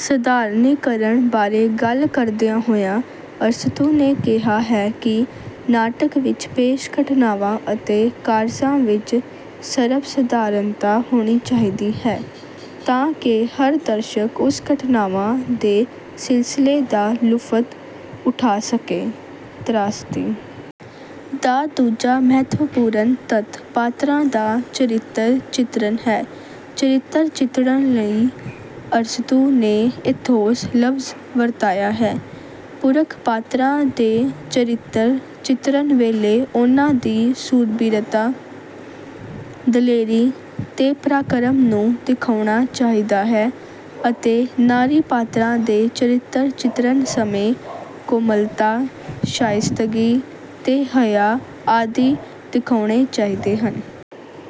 ਸਧਾਰਨੀਕਰਣ ਬਾਰੇ ਗੱਲ ਕਰਦਿਆਂ ਹੋਇਆਂ ਅਰਸਤੂ ਨੇ ਕਿਹਾ ਹੈ ਕਿ ਨਾਟਕ ਵਿੱਚ ਪੇਸ਼ ਘਟਨਾਵਾਂ ਅਤੇ ਕਾਰਜਾਂ ਵਿੱਚ ਸਰਬਸਧਾਰਨਤਾ ਹੋਣੀ ਚਾਹੀਦੀ ਹੈ, ਤਾਂ ਕਿ ਹਰ ਦਰਸ਼ਕ ਉਸ ਘਟਨਾਵਾਂ ਦੇ ਸਿਲਸਿਲੇ ਦਾ ਲੁਫ਼ਤ ਉਠਾ ਸਕੇ। ਤ੍ਰਾਸਦੀ-- ਦਾ ਦੂਜਾ ਮਹੱਤਵਪੂਰਨ ਤੱਤ ਪਾਤਰਾਂ ਦਾ ਚਰਿੱਤਰ ਚਿਤਰਨ ਹੈ। ਚਰਿੱਤਰ ਚਿੱਤਰਣ ਲਈ ਅਰਸਤੂ ਨੇ 'ਏਥੋਸ' ਲਫ਼ਜ਼ ਵਰਤਿਆ ਹੈ। ਪੁਰਖ ਪਾਤਰਾਂ ਦੇ ਚਰਿੱਤਰ ਚਿਤਰਨ ਵੇਲੇ ਉਨ੍ਹਾਂ ਦੀ ਸੂਰਬੀਰਤਾ, ਦਲੇਰੀ ਤੇ ਪ੍ਰਾਕਰਮ ਨੂੰ ਦਿਖਾਉਣਾ ਚਾਹੀਦਾ ਹੈ ਅਤੇ ਨਾਰੀ ਪਾਤਰਾਂ ਦੇ ਚਰਿੱਤਰ ਚਿਤਰਨ ਸਮੇਂ ਕੋਮਲਤਾ, ਸ਼ਾਇਸਤਗੀ ਤੇ ਹਯਾ ਆਦਿ ਦਿਖਾਉਣੇ ਚਾਹੀਦੇ ਹਨ।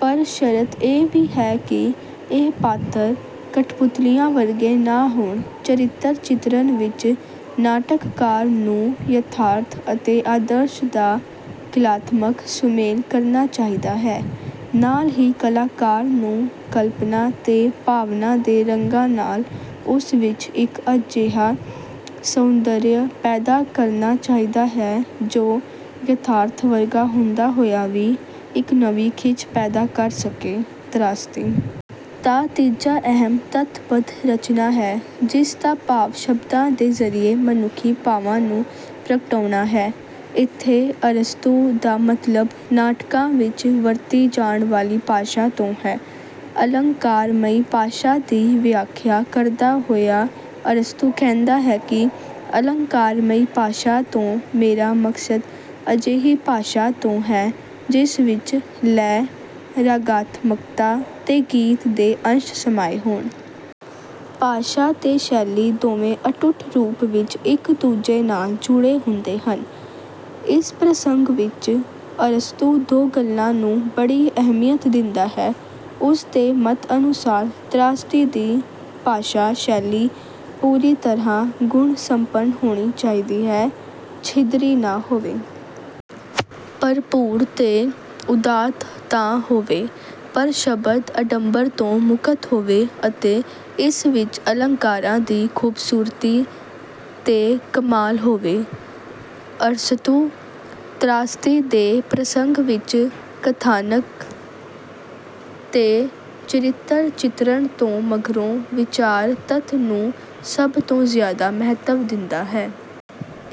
ਪਰ ਸ਼ਰਤ ਇਹ ਵੀ ਹੈ ਕਿ ਇਹ ਪਾਤਰ ਕਠਪੁਤਲੀਆਂ ਵਰਗੇ ਨਾ ਹੋਣ। ਚਰਿੱਤਰ ਚਿਤਰਨ ਵਿੱਚ ਨਾਟਕਕਾਰ ਨੂੰ ਯਥਾਰਥ ਅਤੇ ਆਦਰਸ਼ ਦਾ ਕਲਾਤਮਕ ਸੁਮੇਲ ਕਰਨਾ ਚਾਹੀਦਾ ਹੈ; ਨਾਲ ਹੀ ਕਲਾਕਾਰ ਨੂੰ ਕਲਪਨਾ ਤੇ ਭਾਵਨਾ ਦੇ ਰੰਗਾਂ ਨਾਲ ਉਸ ਵਿੱਚ ਇੱਕ ਅਜਿਹਾ ਸੌਂਦਰਯ ਪੈਦਾ ਕਰਨਾ ਚਾਹੀਦਾ ਹੈ ਜੋ ਯਥਾਰਥ ਵਰਗਾ ਹੁੰਦਾ ਹੋਇਆ ਵੀ ਇੱਕ ਨਵੀਂ ਖਿੱਚ ਪੈਦਾ ਕਰ ਸਕੇ। ਤ੍ਰਾਸਦੀ ਦਾ ਤੀਜਾ ਅਹਿਮ ਤੱਤ ਪਦ-ਰਚਨਾ ਹੈ, ਜਿਸ ਦਾ ਭਾਵ ਸ਼ਬਦਾਂ ਦੇ ਜ਼ਰੀਏ ਮਨੁੱਖੀ ਭਾਵਾਂ ਨੂੰ ਪ੍ਰਗਟਾਉਣਾ ਹੈ। ਇੱਥੇ ਅਰਸਤੂ ਦਾ ਮਤਲਬ ਨਾਟਕਾਂ ਵਿੱਚ ਵਰਤੀ ਜਾਣ ਵਾਲੀ ਭਾਸ਼ਾ ਤੋਂ ਹੈ। ਅਲੰਕਾਰਮਈ ਭਾਸ਼ਾ ਦੀ ਵਿਆਖਿਆ ਕਰਦਾ ਹੋਇਆ ਅਰਸਤੂ ਕਹਿੰਦਾ ਹੈ ਕਿ ਅਲੰਕਾਰਮਈ ਭਾਸ਼ਾ ਤੋਂ ਮੇਰਾ ਮਕਸਦ ਅਜਿਹੀ ਭਾਸ਼ਾ ਤੋਂ ਹੈ ਜਿਸ ਵਿੱਚ ਲੈਅ, ਰਾਗਾਤਮਕਤਾ ਤੇ ਗੀਤ ਦੇ ਅੰਸ਼ ਸਮਾਏ ਹੋਣ। ਭਾਸ਼ਾ ਤੇ ਸ਼ੈਲੀ ਦੋਵੇਂ ਅਟੁੱਟ ਰੂਪ ਵਿੱਚ ਇੱਕ-ਦੂਜੇ ਨਾਲ ਜੁੜੇ ਹੁੰਦੇ ਹਨ। ਇਸ ਪ੍ਰਸੰਗ ਵਿੱਚ ਅਰਸਤੂ ਦੋ ਗੱਲਾਂ ਨੂੰ ਬੜੀ ਅਹਿਮੀਅਤ ਦਿੰਦਾ ਹੈ। ਉਸ ਦੇ ਮੱਤ ਅਨੁਸਾਰ ਤ੍ਰਾਸਦੀ ਦੀ ਭਾਸ਼ਾ-ਸ਼ੈਲੀ ਪੂਰੀ ਤਰ੍ਹਾਂ ਗੁਣ-ਸੰਪੰਨ ਹੋਣੀ ਚਾਹੀਦੀ ਹੈ, ਛਿਦਰੀ ਨਾ ਹੋਵੇ। ਭਰਪੂਰ ਤੇ ਉਦਾਤ ਤਾਂ ਹੋਵੇ, ਪਰ ਸ਼ਬਦ-ਅਡੰਬਰ ਤੋਂ ਮੁਕਤ ਹੋਵੇ ਅਤੇ ਇਸ ਵਿੱਚ ਅਲੰਕਾਰਾਂ ਦੀ ਖ਼ੂਬਸੂਰਤੀ ਤੇ ਕਮਾਲ ਹੋਵੇ। ਅਰਸਤੂ ਤ੍ਰਾਸਦੀ ਦੇ ਪ੍ਰਸੰਗ ਵਿੱਚ ਕਥਾਨਕ ਤੇ ਚਰਿੱਤਰ ਚਿੱਤਰਣ ਤੋਂ ਮਗਰੋਂ ਵਿਚਾਰ ਤੱਤ ਨੂੰ ਸਭ ਤੋਂ ਜ਼ਿਆਦਾ ਮਹੱਤਵ ਦਿੰਦਾ ਹੈ।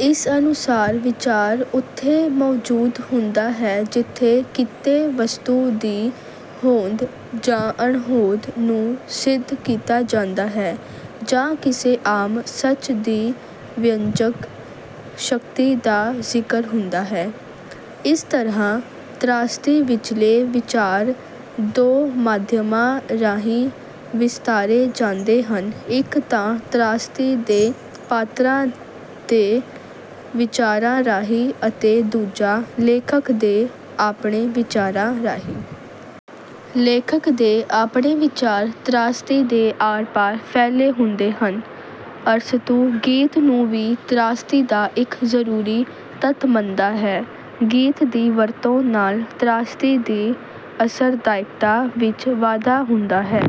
ਇਸ ਅਨੁਸਾਰ ਵਿਚਾਰ ਉੱਥੇ ਮੌਜੂਦ ਹੁੰਦਾ ਹੈ ਜਿੱਥੇ ਕਿਤੇ ਵਸਤੂ ਦੀ ਹੋਂਦ ਜਾਂ ਅਣਹੋਂਦ ਨੂੰ ਸਿੱਧ ਕੀਤਾ ਜਾਂਦਾ ਹੈ ਜਾਂ ਕਿਸੇ ਆਮ ਸੱਚ ਦੀ ਵਿਅੰਜਕ ਸ਼ਕਤੀ ਦਾ ਜ਼ਿਕਰ ਹੁੰਦਾ ਹੈ। ਇਸ ਤਰ੍ਹਾਂ ਤ੍ਰਾਸਦੀ ਵਿਚਲੇ ਵਿਚਾਰ ਦੋ ਮਾਧਿਅਮਾਂ ਰਾਹੀਂ ਵਿਸਤਾਰੇ ਜਾਂਦੇ ਹਨ ਇੱਕ ਤਾਂ ਤ੍ਰਾਸਦੀ ਦੇ ਪਾਤਰਾਂ ਦੇ ਵਿਚਾਰਾਂ ਰਾਹੀਂ ਅਤੇ ਦੂਜਾ, ਲੇਖਕ ਦੇ ਆਪਣੇ ਵਿਚਾਰਾਂ ਰਾਹੀਂ। ਲੇਖਕ ਦੇ ਆਪਣੇ ਵਿਚਾਰ ਤ੍ਰਾਸਦੀ ਦੇ ਆਰ-ਪਾਰ ਫੈਲੇ ਹੁੰਦੇ ਹਨ। ਅਰਸਤੂ ਗੀਤ ਨੂੰ ਵੀ ਤ੍ਰਾਸਦੀ ਦਾ ਇੱਕ ਜ਼ਰੂਰੀ ਤੱਤ ਮੰਨਦਾ ਹੈ। ਗੀਤ ਦੀ ਵਰਤੋਂ ਨਾਲ ਤ੍ਰਾਸਦੀ ਦੀ ਅਸਰਦਾਇਕਤਾ ਵਿੱਚ ਵਾਧਾ ਹੁੰਦਾ ਹੈ।